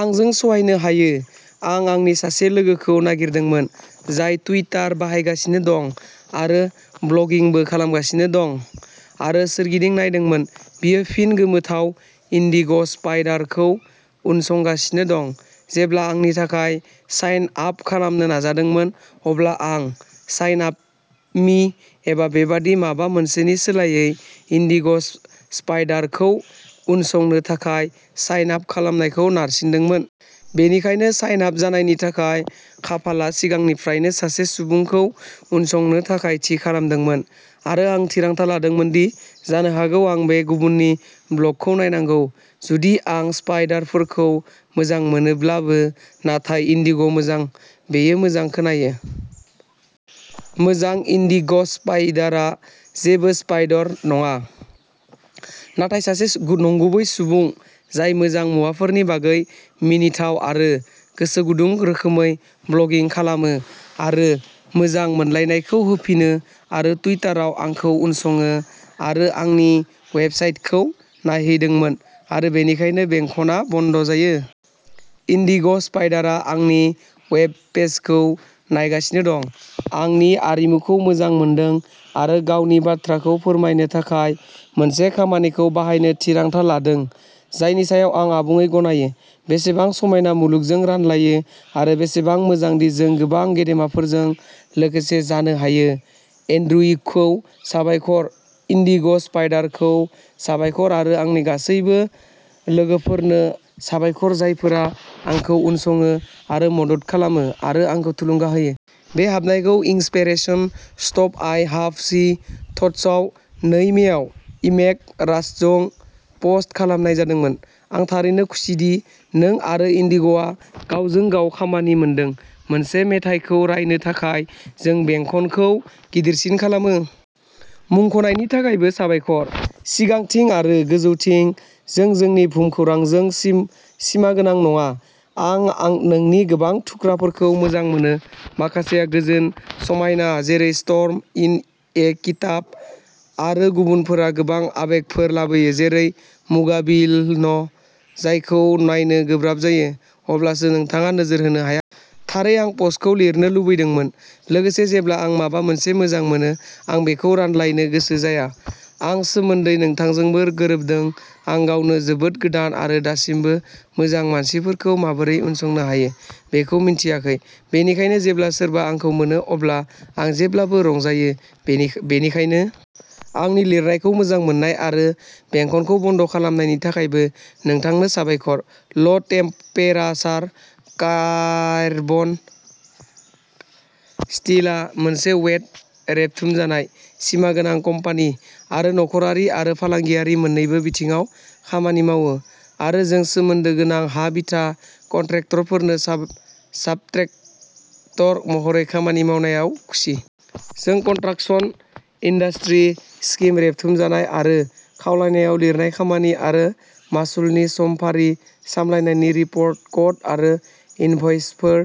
आंजों सहायनो हायो, आं आंनि सासे लोगोखौ नागिरदोंमोन, जाय टुइटार बाहायगासिनो दं आरो ब्लगिंबो खालामगासिनो दं आरो सोरगिदिं नायदोंमोन बियो फिन गोमोथाव इन्डिग' स्पाइडरखौ उनसंगासिनो दं। जेब्ला आंनि थाखाय साइन आप खालामनो नाजादोंमोन, अब्ला आं "साइन आप मि" एबा बेबादि माबा मोनसेनि सोलायै "इन्डिग'स्पाइडरखौ उनसंनो थाखाय साइन आप खालामखौ नारसिनदोंमोन। बेनिखायनो, साइन आप जानायनि थाखाय, खाफालआ सिगांनिफ्रायनो सासे सुबुंखौ उनसंनो थाखाय थि खालामदोंमोन आरो आं थिरांथा लादोंमोन दि जानो हागौ आं बे गुबुननि ब्लगखौ नायनांगौ जुदि आं स्पाइडरफोरखौ मोजां मोनाब्लाबो, नाथाय इन्डिग' मोजां, बेयो मोजां खोनायो। मोजां, इन्डिग'स्पाइडरआ जेबो स्पाइडर नङा, नाथाय सासे नंगुबै सुबुं जाय मोजां मुवाफोरनि बागै मिनिथाव आरो गोसो गुदुं रोखोमै ब्लगिं खालामो आरो मोजां मोनलायनायखौ होफिनो आरो टुइटाराव आंखौ उनसङो आरो आंनि वेबसाइटखौ नायहैदोंमोन आरो बेनिखायनो बेंखनआ बन्द जायो। इन्डिग'स्पाइडारआ आंनि वेबपेजखौ नायगासिनो दं, आंनि आरिमुखौ मोजां मोनदों आरो गावनि बाथ्राखौ फोरमायनो थाखाय मोनसे खामानिखौ बाहायनो थिरांथा लादों, जायनि सायाव आं आबुङै गनायो। बेसेबां समायना मुलुग जों रानलायो आरो बेसेबां मोजांदि जों गोबां गेदेमाफोरजों लोगो जानो हायो, एन्ड्र्युखौ साबायखर, इन्डिग'स्पाइडारखौ साबायखर आरो आंनि गासिबो लोगोफोरनो साबायखर, जायफोरा आंखौ उनसङो आरो मदद खालामो आरो आंखौ थुलुंगा होयो। बे हाबनायखौ inspiration, stuff I have see, थट्सआव नै मेआव इमके रास्टजों पस्ट खालामनाय जादोंमोन। आं थारैनो खुसिदि नों आरो इन्डिग'आ गावजों गाव खामानि मोनदों। मोनसे मेथाइखौ रायनो थाखाय जों बेंखनखौ गिदिरसिन खालामो। मुंख'नायनि थाखायबो साबायखर। सिगांथिं आरो गोजौथिं जों जोंनि भुमखौरांजों सिमागोनां नङा आं नोंनि गोबां थुख्राफोरखौ मोजां मोनो। माखासेया गोजोन, समायना, जेरै "स्टर्म इन ए टिकाप" आरो गुबुनफोरा गोबां आबेगफोर लाबोयो जेरै "मुगाबिल'न" जायखौ नायनो गोब्राब जायो, अब्लाबो नोंथाङा नोजोर होनो हाया। थारै आं प'स्टखौ लिरनो लुबैदोंमोन। लोगोसे, जेब्ला आं माबा मोनसे मोजां मोनो, आं बेखौ रानलायनो गोसो जाया आं सोमोन्दै नोंथांजोंबो गोरोबदों। आं गावनो जोबोद गोदान आरो दासिमबो मोजां मानसिफोरखौ माबोरै उनसंनो हायो बेखौ मिन्थियाखै, बेनिखायनो जेब्ला सोरबा आंखौ मोनो अब्ला आं जेब्लाबो रंजायो। बेनिखायनो, आंनि लिरनायखौ मोजां मोन्नाय आरो बेंखनखौ बन्द खालामनायनि थाखायबो नोंथांनो साबायखर। ल ' टेमपेरासार कार्बन स्टिलआ मोनसे वेट रेबथुमजानाय, सिमा गोनां कम्पानि आरो नखरारि आरो फालांगियारि मोन्नैबो बिथिङाव खामानि मावो आरो जों सोमोन्दो गोनां हा-बिथा कन्ट्रेक्टरफोरनो साबकन्ट्रेक्टर महरै खामानि मावनायाव खुसि। जों कन्ट्राकसन इन्डास्ट्रि स्किम रेबथुमजानाय आरो खावलायनायाव लिरनाय खामानि आरो मासुलनि समफारि, सामलायनायनि रिपर्ट, कोट आरो इनभ'इसफोर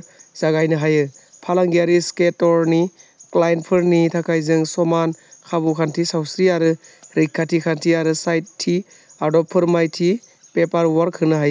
जगायनो हायो। फालांगियारि सिकेटरनि क्लाइन्टफोरनि थाखाय जों समान खाबु खान्थि, सावस्रि आरो रैखाथि खान्थि आरो साइट थि आदब फोरमायथि पेपारवर्क होनो हायो।